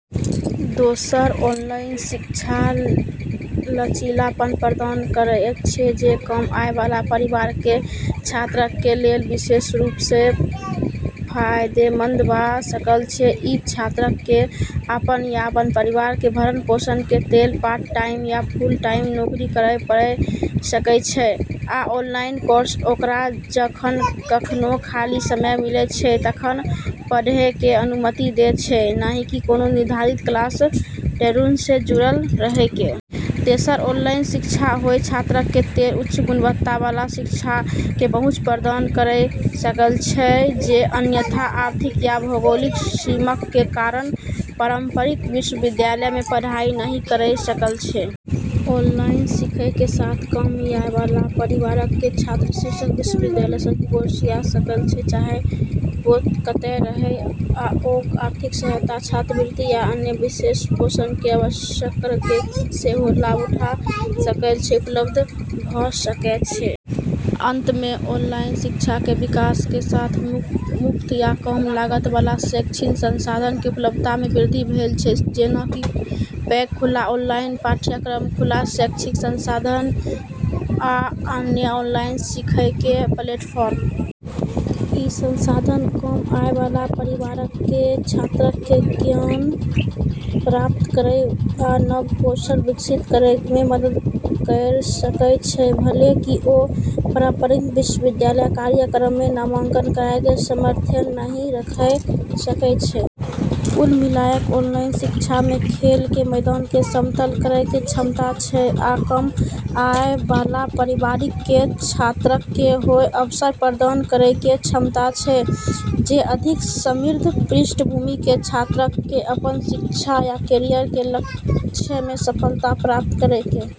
दोसर, ऑनलाइन शिक्षा लचीलापन प्रदान करयत छै जे कम आय वाला परिवारक कें छात्रक कें लेल विशेष रूप सं फायदेमंद भ सकय छै. इ छात्रक कें अपन या अपन परिवार कें भरण-पोषण कें लेल पार्ट टाइम या फुल टाइम नौकरी करय पड़य सकय छै, आ ऑनलाइन कोर्स ओकरा जखन कखनो खाली समय मिलय छै तखन पढ़य कें अनुमति देयत छै, नहि कि कोनों निर्धारित क्लास शेड्यूल सं जुड़ल रहय कें. तेसर, ऑनलाइन शिक्षा ओय छात्रक कें लेल उच्च गुणवत्ता वाला शिक्षा कें पहुंच प्रदान कयर सकय छै जे अन्यथा आर्थिक या भौगोलिक सीमाक कें कारण पारंपरिक विश्वविद्यालयक मे पढ़ाई नहि कयर सकय छै. ऑनलाइन सीखय कें साथ, कम आय वाला परिवारक कें छात्र शीर्ष विश्वविद्यालयक सं कोर्स ल सकय छै, चाहे ओ कतय रहय, आ ओ आर्थिक सहायता, छात्रवृत्ति, या अन्य वित्तपोषण कें अवसरक कें सेहो लाभ उठा सकय छै जे उपलब्ध भ सकय छै. अंत मे, ऑनलाइन शिक्षा कें विकास कें साथ, मुफ्त या कम लागत वाला शैक्षिक संसाधनक कें उपलब्धता मे वृद्धि भेल छै, जेना कि पैघ खुला ऑनलाइन पाठ्यक्रम, खुला शैक्षिक संसाधन, आ अन्य ऑनलाइन सीखय कें प्लेटफॉर्म. इ संसाधन कम आय वाला परिवारक कें छात्रक कें ज्ञान प्राप्त करय आ नव कौशल विकसित करय मे मदद कयर सकय छै, भले ही ओ पारंपरिक विश्वविद्यालय कार्यक्रम मे नामांकन करय कें सामर्थ्य नहि राखय सकय छै. कुल मिलाकय ऑनलाइन शिक्षा मे खेल कें मैदान कें समतल करय कें क्षमता छै आ कम आय वाला परिवारक कें छात्रक कें ओय अवसर प्रदान करय कें क्षमता छै जे अधिक समृद्ध पृष्ठभूमि कें छात्रक कें अपन शिक्षा आ कैरियर कें लक्ष्य मे सफलता प्राप्त करय कें लेल छै.